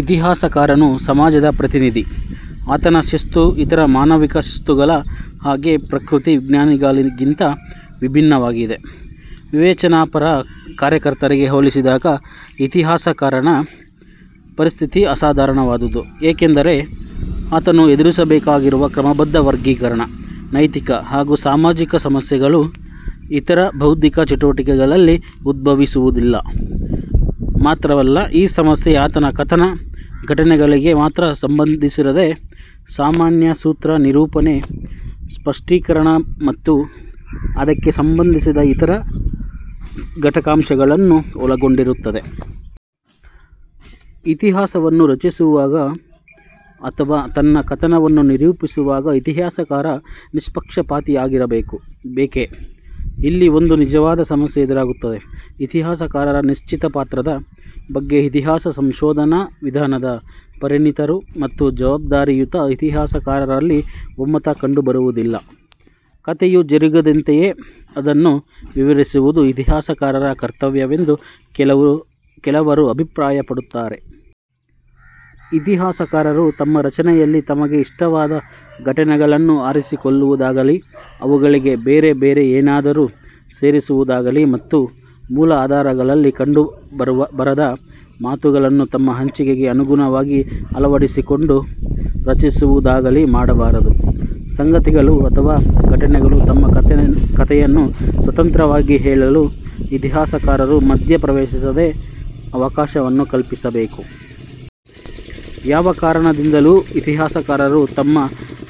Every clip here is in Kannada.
ಇತಿಹಾಸಕಾರನು ಸಮಾಜದ ಪ್ರತಿನಿಧಿ. ಆತನ ಶಿಸ್ತು ಇತರ ಮಾನವಿಕ ಶಿಸ್ತುಗಳ ಹಾಗೆ ಪ್ರಕೃತಿ ವಿಜ್ಞಾನಗಳಿಗಿಂತ ವಿಭಿನ್ನವಾಗಿದೆ. ವಿವೇಚನಾಪರ ಕಾರ್ಯಕರ್ತರಿಗೆ ಹೋಲಿಸಿದಾಗ ಇತಿಹಾಸಕಾರನ ಪರಿಸ್ಥಿತಿ ಅಸಾಧಾರಣವಾದುದು. ಏಕೆಂದರೆ ಆತನು ಎದುರಿಸಬೇಕಾಗಿರುವ ಕ್ರಮಬದ್ಧ ವರ್ಗೀಕರಣ, ನೈತಿಕ ಹಾಗೂ ಸಾಮಾಜಿಕ ಸಮಸ್ಯೆಗಳು ಇತರ ಬೌದ್ಧಿಕ ಚಟುವಟಿಕೆಗಳಲ್ಲಿ ಉದ್ಭವಿಸುವುದಿಲ್ಲ. ಮಾತ್ರವಲ್ಲ, ಈ ಸಮಸ್ಯೆ ಆತನ ಕಥನ ಘಟನೆಗಳಿಗೆ ಮಾತ್ರ ಸಂಬಂಧಿಸಿರದೆ ಸಾಮಾನ್ಯ ಸೂತ್ರ ನಿರೂಪಣೆ ಸ್ಪಷ್ಟೀಕರಣ ಮತ್ತು ಅದಕ್ಕೆ ಸಂಬಂಧಿಸಿದ ಇತರ ಘಟಕಾಂಶಗಳನ್ನು ಒಳಗೊಂಡಿರುತ್ತದೆ. ಇತಿಹಾಸವನ್ನು ರಚಿಸುವಾಗ ಅಥವಾ ತನ್ನ ಕಥನವನ್ನು ನಿರೂಪಿಸುವಾಗ ಇತಿಹಾಸಕಾರ ನಿಷ್ಪಕ್ಷಪಾತಿಯಾಗಿರಬೇಕೆ? ಇಲ್ಲಿ ಒಂದು ನಿಜವಾದ ಸಮಸ್ಯೆ ಎದುರಾಗುತ್ತದೆ. ಇತಿಹಾಸಕಾರರ ನಿಶ್ಚಿತ ಪಾತ್ರದ ಬಗ್ಗೆ ಇತಿಹಾಸ ಸಂಶೋಧನಾ ವಿಧಾನದ ಪರಿಣತರು ಮತ್ತು ಜವಾಬ್ದಾರಿಯುತ ಇತಿಹಾಸಕಾರರಲ್ಲಿ ಒಮ್ಮತ ಕಂಡುಬರುವುದಿಲ್ಲ. ಕಥೆಯು ಜರುಗಿದಂತೆಯೇ ಅದನ್ನು ವಿವರಿಸುವುದು ಇತಿಹಾಸಕಾರರ ಕರ್ತವ್ಯವೆಂದು ಕೆಲವರು ಅಭಿಪ್ರಾಯ ಪಡುತ್ತಾರೆ. ಇತಿಹಾಸಕಾರರು ತಮ್ಮ ರಚನೆಯಲ್ಲಿ ತಮಗೆ ಇಷ್ಟವಾದ ಘಟನೆಗಳನ್ನು ಆರಿಸಿಕೊಳ್ಳುವುದಾಗಲಿ, ಅವುಗಳಿಗೆ ಬೇರೆ ಬೇರೆ ಏನಾದರೂ ಸೇರಿಸುವುದಾಗಲಿ ಮತ್ತು ಮೂಲ ಆಧಾರಗಳಲ್ಲಿ ಕಂಡುಬರದ ಮಾತುಗಳನ್ನು ತಮ್ಮ ಹಂಚಿಕೆಗೆ ಅನುಗುಣವಾಗಿ ಅಳವಡಿಸಿಕೊಂಡು ರಚಿಸುವುದಾಗಲಿ ಮಾಡಬಾರದು. ಸಂಗತಿಗಳು ಅಥವಾ ಘಟನೆಗಳು ತಮ್ಮ ಕಥೆಯನ್ನು ಸ್ವತಂತ್ರವಾಗಿ ಹೇಳಲು, ಇತಿಹಾಸಕಾರರು ಮಧ್ಯ ಪ್ರವೇಶಿಸದೆ, ಅವಕಾಶವನ್ನು ಕಲ್ಪಿಸಬೇಕು. ಯಾವ ಕಾರಣದಿಂದಲೂ ಇತಿಹಾಸಕಾರರು ತಮ್ಮ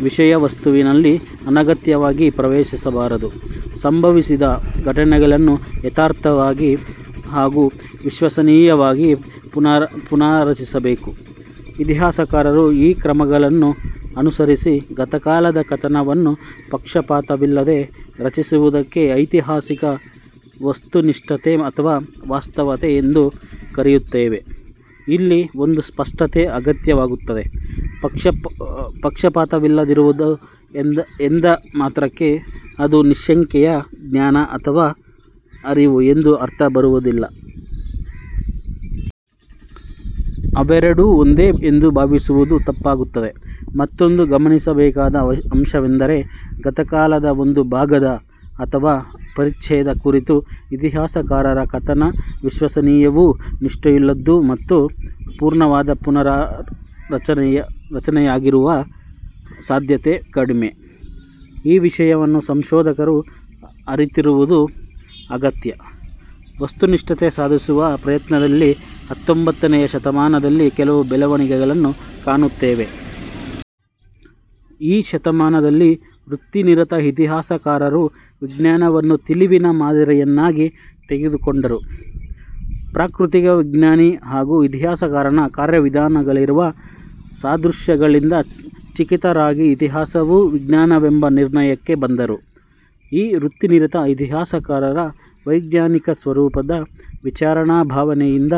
ವಿಷಯ ವಸ್ತುವಿನಲ್ಲಿ ಅನಗತ್ಯವಾಗಿ ಪ್ರವೇಶಿಸಬಾರದು. ಸಂಭವಿಸಿದ ಘಟನೆಗಳನ್ನು ಯಥಾರ್ಥವಾಗಿ ಹಾಗೂ ವಿಶ್ವಸನೀಯವಾಗಿ ಪುನಾರಚಿಸಬೇಕು. ಇತಿಹಾಸಕಾರರು ಈ ಕ್ರಮಗಳನ್ನು ಅನುಸರಿಸಿ ಗತಕಾಲದ ಕಥನವನ್ನು ಪಕ್ಷಪಾತವಿಲ್ಲದೆ ರಚಿಸುವುದಕ್ಕೆ ಐತಿಹಾಸಿಕ ವಸ್ತುನಿಷ್ಠತೆ ಅಥವಾ ವಾಸ್ತವತೆ ಎಂದು ಕರೆಯುತ್ತೇವೆ. ಇಲ್ಲಿ ಒಂದು ಸ್ಪಷ್ಟತೆ ಅಗತ್ಯವಾಗುತ್ತದೆ. ಪಕ್ಷಪಾತವಿಲ್ಲದಿರುವುದು ಎಂದ ಮಾತ್ರಕ್ಕೆ ಅದು ನಿಶ್ಯಂಕೆಯ ಜ್ಞಾನ ಅಥವಾ ಅರಿವು ಎಂದು ಅರ್ಥ ಬರುವುದಿಲ್ಲ. ಅವೆರಡೂ ಒಂದೇ ಎಂದು ಭಾವಿಸುವುದು ತಪ್ಪಾಗುತ್ತದೆ. ಮತ್ತೊಂದು ಗಮನಿಸಬೇಕಾದ ಅಂಶವೆಂದರೆ, ಗತಕಾಲದ ಒಂದು ಭಾಗದ ಅಥವಾ ಪರಿಚ್ಛೇದ ಕುರಿತ ಇತಿಹಾಸಕಾರರ ಕಥನ ವಿಶ್ವಸನೀಯವೂ, ನಿಷ್ಠೆಯುಳ್ಳದ್ದೂ ಮತ್ತು ಪೂರ್ಣವಾದ ಪುನಾರಚನೆಯಾಗಿರುವ ಸಾಧ್ಯತೆ ಕಡಿಮೆ. ಈ ವಿಷಯವನ್ನು ಸಂಶೋಧಕರು ಅರಿತಿರುವುದು ಅಗತ್ಯ. ವಸ್ತುನಿಷ್ಠತೆ ಸಾಧಿಸುವ ಪ್ರಯತ್ನದಲ್ಲಿ ಹತ್ತೊಂಭತ್ತನೆಯ ಶತಮಾನದಲ್ಲಿ ಕೆಲವು ಬೆಳವಣಿಗೆಗಳನ್ನು ಕಾಣುತ್ತೇವೆ. ಈ ಶತಮಾನದಲ್ಲಿ ವೃತ್ತಿನಿರತ ಇತಿಹಾಸಕಾರರು ವಿಜ್ಞಾನವನ್ನು ತಿಳಿವಿನ ಮಾದರಿಯನ್ನಾಗಿ ತೆಗೆದುಕೊಂಡರು. ಪ್ರಾಕೃತಿಕ ವಿಜ್ಞಾನಿ ಹಾಗೂ ಇತಿಹಾಸಕಾರನ ಕಾರ್ಯವಿಧಾನಗಳಿಗಿರುವ ಸಾದೃಶ್ಯಗಳಿಂದ ಚಕಿತರಾಗಿ ಇತಿಹಾಸವೂ ವಿಜ್ಞಾನವೆಂಬ ನಿರ್ಣಯಕ್ಕೆ ಬಂದರು. ಈ ವೃತ್ತಿನಿರತ ಇತಿಹಾಸಕಾರರ ವೈಜ್ಞಾನಿಕ ಸ್ವರೂಪದ ವಿಚಾರಣಾ ಭಾವನೆಯಿಂದ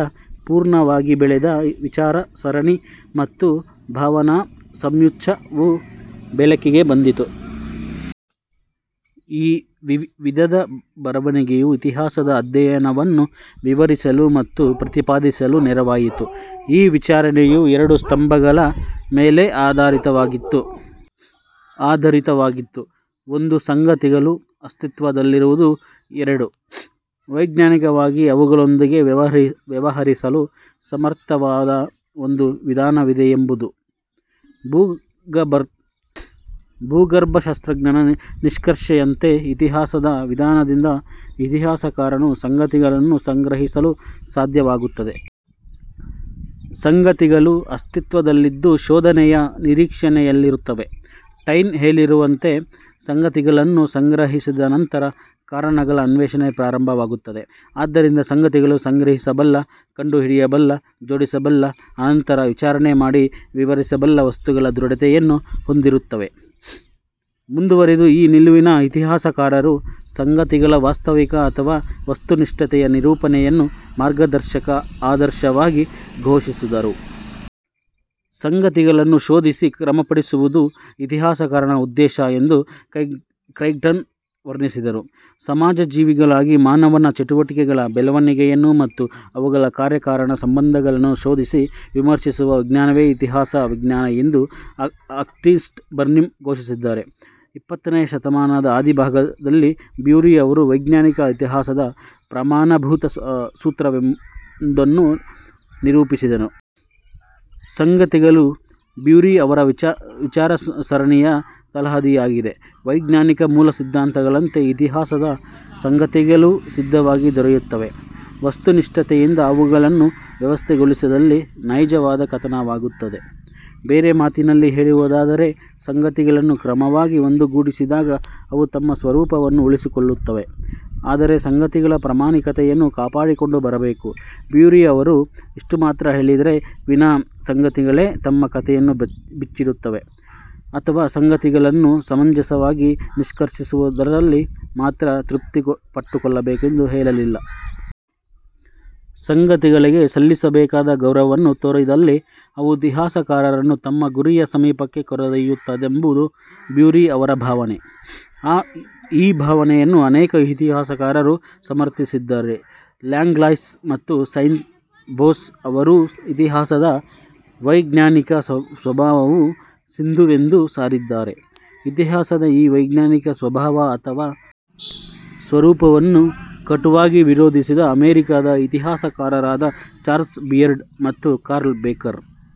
ಪೂರ್ಣವಾಗಿ ಬೆಳೆದ ವಿಚಾರ ಸರಣಿ ಮತ್ತು ಭಾವನಾ ಸಮುಚ್ಛಯವು ಬೆಳಕಿಗೆ ಬಂದಿತು. ಈ ವಿಧದ ಬರವಣಿಗೆಯು ಇತಿಹಾಸದ ಅಧ್ಯಯನವನ್ನು ವಿವರಿಸಲು ಮತ್ತು ಪ್ರತಿಪಾದಿಸಲು ನೆರವಾಯಿತು. ಈ ವಿಚಾರಣೆಯು ಎರಡು ಸ್ತಂಭಗಳ ಮೇಲೆ ಆಧರಿತವಾಗಿತ್ತು. ಒಂದು, ಸಂಗತಿಗಳು ಅಸ್ತಿತ್ವದಲ್ಲಿರುವುದು ಎರಡು, ವೈಜ್ಞಾನಿಕವಾಗಿ ಅವುಗಳೊಂದಿಗೆ ವ್ಯವಹರಿಸಲು ಸಮರ್ತವಾದ ಒಂದು ವಿಧಾನವಿದೆಯೆಂಬುದು. ಭೂಗರ್ಭಶಾಸ್ತ್ರಜ್ಞನ ನಿಷ್ಕರ್ಷೆಯಂತೆ, ಇತಿಹಾಸದ ವಿಧಾನದಿಂದ ಇತಿಹಾಸಕಾರನು ಸಂಗತಿಗಳನ್ನು ಸಂಗ್ರಹಿಸಲು ಸಾಧ್ಯವಾಗುತ್ತದೆ. ಸಂಗತಿಗಳು ಅಸ್ತಿತ್ವದಲ್ಲಿದ್ದು ಶೋಧನೆಯ ನಿರೀಕ್ಷಣೆಯಲ್ಲಿರುತ್ತವೆ. ಟೈನ್ ಹೇಳಿರುವಂತೆ ಸಂಗತಿಗಳನ್ನು ಸಂಗ್ರಹಿಸಿದ ನಂತರ ಕಾರಣಗಳ ಅನ್ವೇಷಣೆ ಪ್ರಾರಂಭವಾಗುತ್ತದೆ. ಆದ್ದರಿಂದ ಸಂಗತಿಗಳು ಸಂಗ್ರಹಿಸಬಲ್ಲ, ಕಂಡು ಹಿಡಿಯಬಲ್ಲ, ಜೋಡಿಸಬಲ್ಲ, ಅನಂತರ ವಿಚಾರಣೆ ಮಾಡಿ ವಿವರಿಸಬಲ್ಲ ವಸ್ತುಗಳ ದೃಢತೆಯನ್ನು ಹೊಂದಿರುತ್ತವೆ. ಮುಂದುವರಿದು ಈ ನಿಲುವಿನ ಇತಿಹಾಸಕಾರರು ಸಂಗತಿಗಳ ವಾಸ್ತವಿಕ ಅಥವಾ ವಸ್ತುನಿಷ್ಠತೆಯ ನಿರೂಪಣೆಯನ್ನು ಮಾರ್ಗದರ್ಶಕ ಆದರ್ಶವಾಗಿ ಘೋಷಿಸಿದರು. ಸಂಗತಿಗಳನ್ನು ಶೋಧಿಸಿ ಕ್ರಮಪಡಿಸುವುದು ಇತಿಹಾಸಕಾರನ ಉದ್ದೇಶ ಎಂದು ಕ್ರೈಗ್ಟನ್ ವರ್ಣಿಸಿದರು. ಸಮಾಜಜೀವಿಗಳಿಗಾಗಿ ಮಾನವನ ಚಟುವಟಿಕೆಗಳ ಬೆಳವಣಿಗೆಯನ್ನು ಮತ್ತು ಅವುಗಳ ಕಾರ್ಯಕಾರಣ ಸಂಬಂಧಗಳನ್ನು ಶೋಧಿಸಿ ವಿಮರ್ಶಿಸುವ ವಿಜ್ಞಾನವೇ ಇತಿಹಾಸ ವಿಜ್ಞಾನ ಎಂದು ಆಕ್ನಿಸ್ಟ್ ಬರ್ನಿಂ ಘೋಷಿಸಿದ್ದಾರೆ. ಇಪ್ಪತ್ತನೆಯ ಶತಮಾನದ ಆದಿಭಾಗದಲ್ಲಿ ಬ್ಯೂರಿ ಅವರು ವೈಜ್ಞಾನಿಕ ಇತಿಹಾಸದ ಪ್ರಮಾಣಭೂತ ಸೂತ್ರವೊಂದನ್ನು ನಿರೂಪಿಸಿದರು. ಸಂಗತಿಗಳು ಬ್ಯೂರಿ ಅವರ ವಿಚಾರಸರಣಿಯ ತಳಹದಿಯಾಗಿದೆ. ವೈಜ್ಞಾನಿಕ ಮೂಲಸಿದ್ಧಾಂತಗಳಂತೆ ಇತಿಹಾಸದ ಸಂಗತಿಗಳೂ ಸಿದ್ಧವಾಗಿ ದೊರೆಯುತ್ತವೆ. ವಸ್ತುನಿಷ್ಠತೆಯಿಂದ ಅವುಗಳನ್ನು ವ್ಯವಸ್ಥೆಗೊಳಿಸಿದಲ್ಲಿ ನೈಜವಾದ ಕಥನವಾಗುತ್ತದೆ. ಬೇರೆ ಮಾತಿನಲ್ಲಿ ಹೇಳುವುದಾದರೆ, ಸಂಗತಿಗಳನ್ನು ಕ್ರಮವಾಗಿ ಒಂದುಗೂಡಿಸಿದಾಗ ಅವು ತಮ್ಮ ಸ್ವರೂಪವನ್ನು ಉಳಿಸಿಕೊಳ್ಳುತ್ತವೆ. ಆದರೆ ಸಂಗತಿಗಳ ಪ್ರಾಮಾಣಿಕತೆಯನ್ನು ಕಾಪಾಡಿಕೊಂಡು ಬರಬೇಕು. ಬ್ಯೂರಿ ಅವರು ಇಷ್ಟುಮಾತ್ರ ಹೇಳಿದರೇ ವಿನಾ ಸಂಗತಿಗಳೇ ತಮ್ಮ ಕಥೆಯನ್ನು ಬಿಚ್ಚಿಡುತ್ತವೆ ಅಥವಾ ಸಂಗತಿಗಳನ್ನು ಸಮಂಜಸವಾಗಿ ನಿಷ್ಕರ್ಷಿಸುವುದರಲ್ಲಿ ಮಾತ್ರ ತೃಪ್ತಿಪಟ್ಟುಕೊಳ್ಳಬೇಕೆಂದು ಹೇಳಲಿಲ್ಲ. ಸಂಗತಿಗಳಿಗೆ ಸಲ್ಲಿಸಬೇಕಾದ ಗೌರವವನ್ನು ತೋರಿದಲ್ಲಿ ಅವು ಇತಿಹಾಸಕಾರರನ್ನು ತಮ್ಮ ಗುರಿಯ ಸಮೀಪಕ್ಕೆ ಕರೆದೊಯ್ಯುತ್ತದೆಂಬುದು ಬ್ಯೂರಿ ಅವರ ಭಾವನೆ. ಈ ಭಾವನೆಯನ್ನು ಅನೇಕ ಇತಿಹಾಸಕಾರರು ಸಮರ್ಥಿಸಿದ್ದಾರೆ. ಲ್ಯಾಂಗ್ಲಾಯ್ಸ್ ಮತ್ತು ಸೈನ್ ಭೋಸ್ ಅವರೂ ಇತಿಹಾಸದ ವೈಜ್ಞಾನಿಕ ಸ್ವಭಾವವು ಸಿಂಧುವೆಂದು ಸಾರಿದ್ದಾರೆ. ಇತಿಹಾಸದ ಈ ವೈಜ್ಞಾನಿಕ ಸ್ವಭಾವ ಅಥವಾ ಸ್ವರೂಪವನ್ನು ಕಟುವಾಗಿ ವಿರೋಧಿಸಿದ ಅಮೆರಿಕಾದ ಇತಿಹಾಸಕಾರರಾದ ಚಾರ್ಲ್ಸ್ ಬಿಯರ್ಡ್ ಮತ್ತು ಕಾರ್ಲ್ ಬೇಕರ್